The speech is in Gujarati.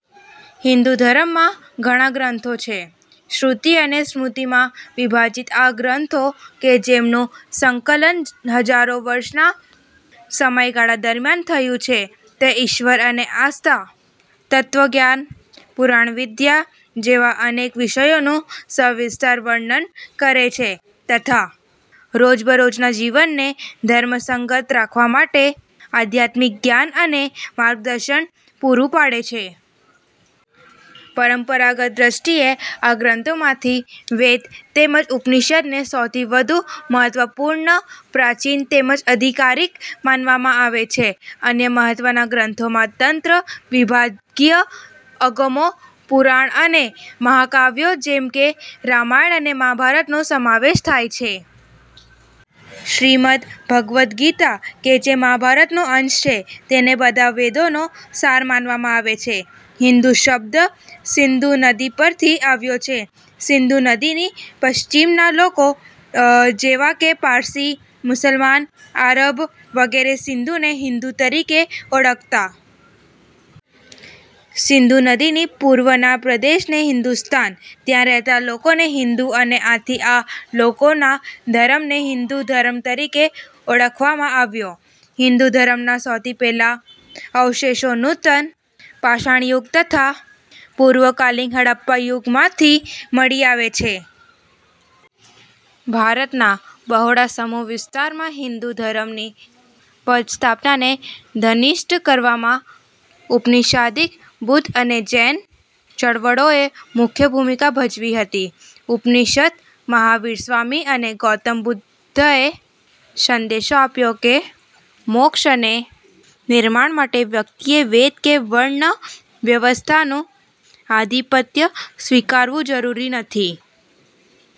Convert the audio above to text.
હિંદુ ધર્મમાં ઘણાં ગ્રંથો છે. શ્રુતિ અને સ્મૃતિમાં વિભાજિત આ ગ્રંથો કે જેમનું સંકલન હજારો વર્ષનાં સમયગાળા દરમ્યાન થયું છે તે ઈશ્વર અને આસ્થા, તત્ત્વજ્ઞાન, પુરાણવિદ્યા જેવા અનેક વિષયોનું સવિસ્તાર વર્ણન કરે છે તથા રોજબરોજના જીવનને ધર્મસંગત રાખવા માટે આધ્યાત્મિક જ્ઞાન અને માર્ગદર્શન પૂરું પાડે છે. પરંપરાગત દ્રષ્ટિએ આ ગ્રંથોમાંથી વેદ, તેમજ ઉપનિષદને સૌથી વધુ મહત્વપૂર્ણ, પ્રાચીન તેમજ આધિકારિક માનવામાં આવે છે. અન્ય મહત્વના ગ્રંથોમાં તંત્ર, વિભાગીય અગમો, પુરાણ અને મહાકાવ્યો જેમકે રામાયણ અને મહાભારતનો સમાવેશ થાય છે. શ્રીમદ્ ભગવદ્ ગીતા કે જે મહાભારતનો અંશ છે તેને બધા વેદોનો સાર માનવામાં આવે છે. હિંદુ શબ્દ સિંધુ નદી પરથી આવ્યો છે. સિંધુ નદીની પશ્ચિમના લોકો જેવા કે પારસી, મુસલમાન, આરબ, વગેરે સિંધુને હિંદુ તરીકે ઓળખતા. સિંધુ નદીની પૂર્વના પ્રદેશને હિંદુસ્તાન, ત્યાં રહેતા લોકોને હિંદુ અને આથી આ લોકોના ધર્મને હિંદુ ધર્મ તરીકે ઓળખાવવામાં આવ્યો. હિંદુ ધર્મના સૌથી પહેલા અવશેષો નૂતન પાષાણ યુગ તથા પૂર્વકાલીન હડપ્પા યુગમાંથી મળી આવે છે. ભારતના બહોળા સમુહ વિસ્તારમાં હિંદુ ધર્મની પદસ્થાપનાને ઘનિષ્ટ કરવામાં ઉપનીશાદીક, બુદ્ધ અને જૈન ચળવળોએ મુખ્ય ભૂમિકા ભજવી હતી. ઉપનિષદ, મહાવીર સ્વામી અને ગૌતમ બુદ્ધએ સંદેશો આપ્યો કે મોક્ષ અને નિર્વાણ માટે વ્યક્તિએ વેદ કે વર્ણ વ્યવસ્થાનું આધીપત્ય સ્વીકારવું જરૂરી નથી.